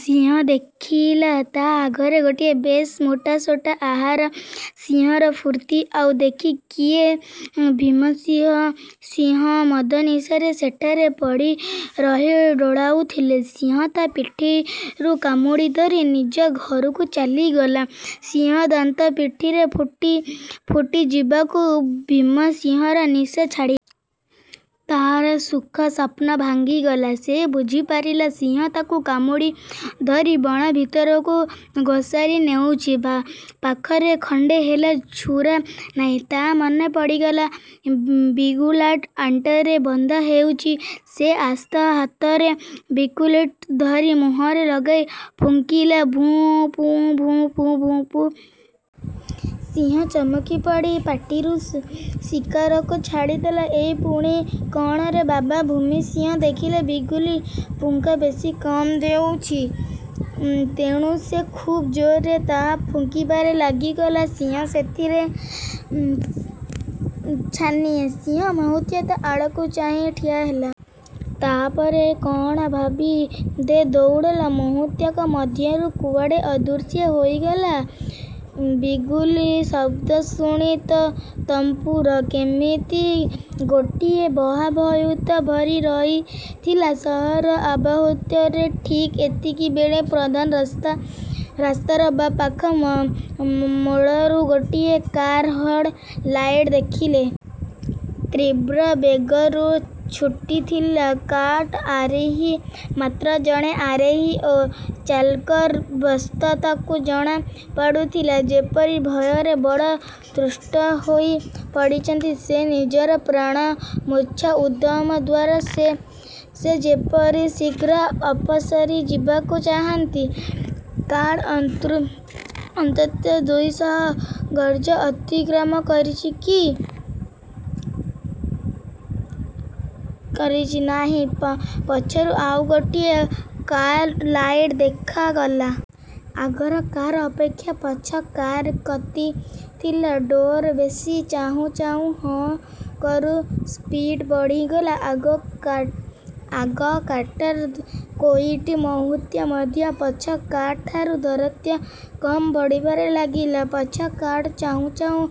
ସିଂହ ଦେଖିଲା, ତା' ଆଗରେ ଗୋଟିଏ ବେଶ୍ ମୋଟାସୋଟା ଆହାର। ସିଂହର ଫୁର୍ତ୍ତି ଆଉ ଦେଖେ କିଏ? ଭୀମ ସିଂହ ମଦନିଶାରେ ସେଠାରେ ପଡ଼ି ରହି ଢୁଳାଉଥିଲା। ସିଂହ ତା' ପିଠିରୁ କାମୁଡ଼ି ଧରି ନିଜ ଘରକୁ ଚାଲିଗଲା। ସିଂହ ଦାନ୍ତ ପିଠିରେ ଫୁଟିଯିବାକୁ ଭୀମସିଂହର ନିଶା ଛାଡ଼ିଗଲା। ତା'ର ସୁଖ ସ୍ୱପ୍ନ ଭାଙ୍ଗିଗଲା। ସେ ବୁଝିପାରିଲା, ସିଂହ ତାକୁ କାମୁଡ଼ି ଧରି ବଣ ଭିତରକୁ ଘୋଷାରି ନେଉଛି। ପାଖରେ ଖଣ୍ଡେ ହେଲେ ଛୁରା ନାହିଁ। ତା' ମନେ ପଡ଼ିଗଲା, ବିଗୁଲାଟା ଅଣ୍ଟାରେ ବନ୍ଧା ହୋଇଛି। ସେ ଆସ୍ତେ ହାତରେ ବିଗୁଲଟି ଧରି ମୁହଁରେ ଲଗାଇ ଫୁଙ୍କିଲା-ଭୁଁ ପୁଁ, ଭୁଁ ପୁଁ, ଭୁଁ ପୁଁ। ସିଂହ ଚମକିପଡ଼ି ପାଟିରୁ ଶିକାରକୁ ଛାଡ଼ିଦେଲା। ଏ ପୁଣି କଅଣରେ ବାବା! ଭୀମସିଂହ ଦେଖିଲା, ବିଗୁଲ ଫୁଙ୍କା ବେଶ୍ କାମ ଦେଉଚି। ତେଣୁ ସେ ଖୁବ୍ ଜୋରରେ ତାହା ଫୁଙ୍କିବାରେ ଲାଗିଗଲା। ସିଂହ ସେଥିରେ ଛାନିଆ। ସିଂହ ମୁହୂର୍ତ୍ତେ ତା' ଆଡ଼କୁ ଚାହିଁ ଠିଆ ହେଲା। ତା'ପରେ କଅଣ ଭାବି-ଦେ ଦଉଡ଼। ମୁହୂର୍ତ୍ତକ ମଧ୍ୟରେ କୁଆଡ଼େ ଅଦୃଶ୍ୟ ହୋଇଗଲା। ବିଗୁଲ ଶବ୍ଦ ଶୁଣି ତମ୍ବୁରୁ। କିମିତି ଗୋଟିଏ ଭୟାବହତା ଭରି ରହିଥିଲା ସହରର ଆବାହାଓ୍ୟାରେ। ଠିକ୍ ଏତିକି ବେଳେ ପ୍ରଧାନ ରାସ୍ତାର ବାଁ ପାଖ ମୋଡ଼ରୁ ଗୋଟିଏ କାର୍ର ହେଡ଼୍ ଲାଇଟ୍ ଦେଖାଗଲା। ତୀବ୍ର ବେଗରେ ଛୁଟିଥିଲା କାର୍ଟା। ଆରୋହୀ ମାତ୍ର ଜଣେ। ଆରୋହୀ ଓ ଚାଳକର ବ୍ୟସ୍ତତାରୁ ଜଣା ପଡ଼ୁଥିଲା, ଯେପରି ଭୟରେ ବଡ଼ ତ୍ରସ୍ତ ହୋଇ ପଡ଼ିଛନ୍ତି ସେ। ନିଜର ପ୍ରାଣ ମୂର୍ଚ୍ଛା ଉଦ୍ୟମ ଦ୍ୱାରା ସେ ଯେପରି ଶୀଘ୍ର ଅପସରି ଯିବାକୁ ଚାହାନ୍ତି। କାର୍ଟା ଅନ୍ତତଃ ଦୁଇଶହ ଗଜ ଅତିକ୍ରମ କରିଛି କି ନାହିଁ, ପଛରୁ ଆଉ ଗୋଟିଏ କାର୍ର ଲାଇଟ୍ ଦେଖାଗଲା। ଆଗର କାର୍ ଅପେକ୍ଷା ପଛ କାର୍ର ଗତି ଥିଲା ଢେର ବେଶୀ। ଚାହୁଁ ଚାହୁଁ ହୁ'କରି ସ୍ପିଡ଼୍ ବଢ଼ିଗଲା ଆଗ କାର୍ଟିର। କେଇଟି ମୁହୂର୍ତ୍ତ ମଧ୍ୟରେ ପଛ କାର୍ ଠାରୁ ଦୂରତ୍ୱ କ୍ରମେ ବଢ଼ିବାରେ ଲାଗିଲା। ପଛ କାର୍ଟା ଚାହୁଁ ଚାହୁଁ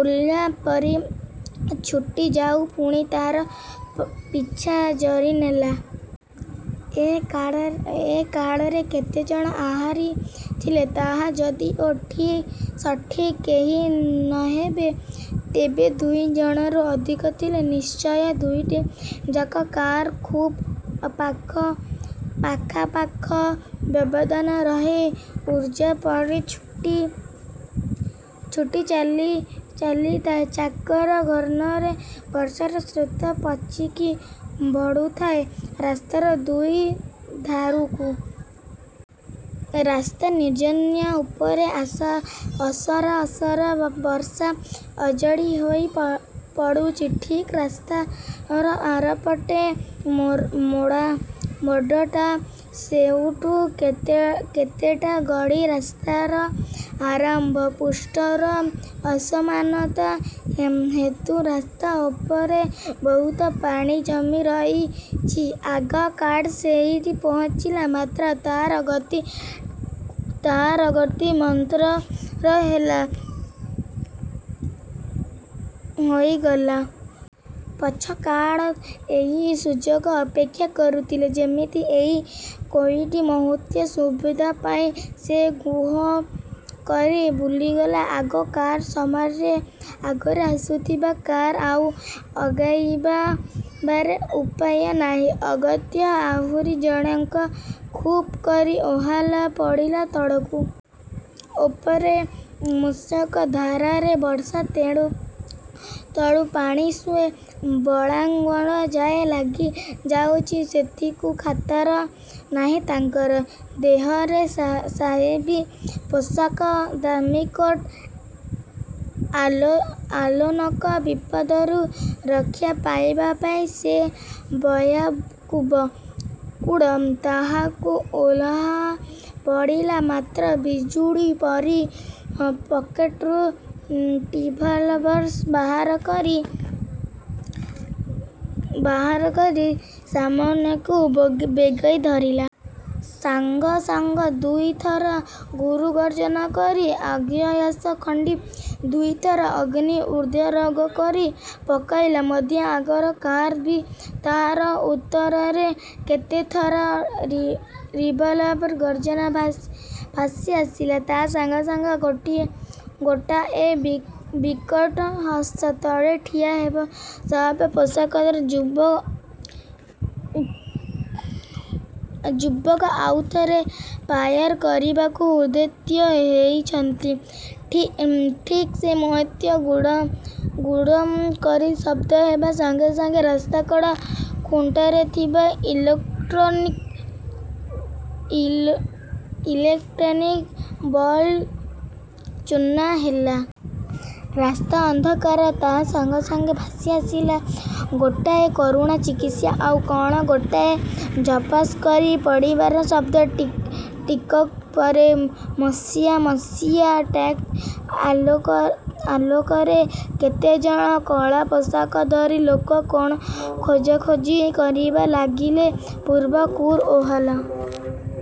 ଉଲ୍କା ପରି ଛୁଟି ଯାଇ ପୁଣି ତା'ର ପିଛା ଧରିନେଲା। ଏ କାର୍ଟାରେ କେତେ ଜଣ ଆରୋହୀ ଥିଲେ ତାହା ଯଦିଓ ସଠିକ୍ କହି ନହେବ, ତେବେ ଦୁଇଜଣରୁ ଅଧିକ ଥିଲେ ନିଶ୍ଚୟ। ଦୁଇଟି ଯାକ କାର୍ ଖୁବ୍ ପାଖାପାଖି ବ୍ୟବଧାନ ରଖି ଉଲ୍କା ପରି ଛୁଟି ଚାଲିଥାଏ। ଚକର ଘୂର୍ଣ୍ଣନରେ ବର୍ଷାର ସ୍ରୋତ ପିଚିକି ପଡ଼ୁଥାଏ ରାସ୍ତାର ଦୁଇ ଧାରକୁ। ରାସ୍ତା ନିର୍ଜନ; ଉପରେ ଅସରା ଅସରା ବର୍ଷା ଅଜାଡ଼ି ହୋଇ ପଡ଼ୁଛି। ଠିକ୍ ରାସ୍ତାର ଆରପଟ ମୋଡ଼ଟା। ସେଇଠୁ କେତେଟା ଗଳି ରାସ୍ତାର ଆରମ୍ଭ। ପୃଷ୍ଠର ଅସମାନତା ହେତୁ ରାସ୍ତା ଉପରେ ବହୁତ ପାଣି ଜମି ରହିଛି। ଆଗ କାର୍ଟା ସେଇଠି ପହଞ୍ଚିଲା ମାତ୍ରେ ତା'ର ଗତି ଟିକିଏ ମନ୍ଥର ହୋଇଗଲା। ପଛ କାର୍ଟା ଏହି ସୁଯୋଗ ଅପେକ୍ଷା କରୁଥିଲା ଯେମିତି। ଏଇ କେଇଟି ମୁହୂର୍ତ୍ତର ସୁବିଧା ପାଇ ସେ ଘୁଁ କରି ବୁଲିଗଲା ଆଗ କାର୍ର ସାମ୍ନାରେ। ଆଗରେ ଆସୁଥିବା କାର୍ର ଆଉ ଆଗେଇବାର ଉପାୟ ନାହିଁ। ଅଗତ୍ୟା ଆରୋହୀ ଜଣଙ୍କ ଖପ୍ କରି ଓହ୍ଲାଇ ପଡ଼ିଲେ ତଳକୁ। ଉପରେ ମୂଷଳ ଧାରାରେ ବର୍ଷା, ତଳେ ପାଣିସୁଅ ବଳାଗଣ୍ଠି ଯାଏ ଲାଗି ଯାଉଛି, ସେଥିକୁ ଖାତର ନାହିଁ ତାଙ୍କର। ଦେହରେ ସାହେବୀ ପୋଷାକ, ଦାମୀକୋଟ୍। ଅଚାନକ ବିପଦରୁ ରକ୍ଷା ପାଇବା ପାଇଁ ସେ ବ୍ୟାକୁଳ। ତଳକୁ ଓହ୍ଳାଇ ପଡ଼ିଲା ମାତ୍ରେ ବିଜୁଳି ପରି ପକେଟରୁ ରିଭଲଭର୍ ବାହାର କରି ସାମ୍ନାକୁ ବାଗେଇ ଧରିଲେ। ସଙ୍ଗେ ସଙ୍ଗେ ଦୁଇଥର ଗୁରୁଗର୍ଜନ କରି ଆଗ୍ନେୟାସ୍ତ୍ର ଖଣ୍ଡି ଦୁଇଥର ଅଗ୍ନି ଉଦ୍ଗିରଣ କରି ପକାଇଲା ମଧ୍ୟ। ଆଗର କାର୍ରୁ ବି ତା'ର ଉତ୍ତରରେ କେତେଥର ରିଭଲଭର୍ର ଗର୍ଜନ ଭାସି ଆସିଲା। ତା' ସଙ୍ଗେ ସଙ୍ଗେ ଗୋଟାଏ ବିକଟ ହସ। ତଳେ ଠିଆ ହୋଇଥିବା ସାହେବ ପୋଷାକଧାରୀ ଯୁବକ ଆଉ ଥରେ ଫାୟାର କରିବାକୁ ଉଦ୍ୟତ ହେଉଛନ୍ତି-ଠିକ୍ ସେଇ ମୁହୂର୍ତ୍ତରେ 'ଗୁଡ଼ୁମ୍' କରି ଶବ୍ଦ ହେବା ସଙ୍ଗେ ସଙ୍ଗେ ରାସ୍ତାକଡ଼ ଖୁଣ୍ଟରେ ଥିବା ଇଲେକ୍ଟ୍ରିକ୍ ବଲ୍ବ ଚୂର୍ଣ୍ଣ ହେଲା। ରାସ୍ତା ଅନ୍ଧକାର। ତା' ସଙ୍ଗେ ସଙ୍ଗେ ଭାସି ଆସିଲା ଗୋଟାଏ କରୁଣ ଚିତ୍କାର, ଆଉ କ'ଣ ଗୋଟାଏ ଝପାସ୍ କରି ପଡ଼ିବାର ଶବ୍ଦ। ଟିକକ ପରେ ମସିଆ ମସିଆ ଟର୍ଚ୍ଚ ଆଲୋକରେ କେତେଜଣ କଳା ପୋଷାକଧାରୀ ଲୋକ କ'ଣ ଖୋଜାଖୋଜି କରିବାରେ ଲାଗିଗଲେ ପୂର୍ବ କାର୍ରୁ ଓହ୍ଲାଇ।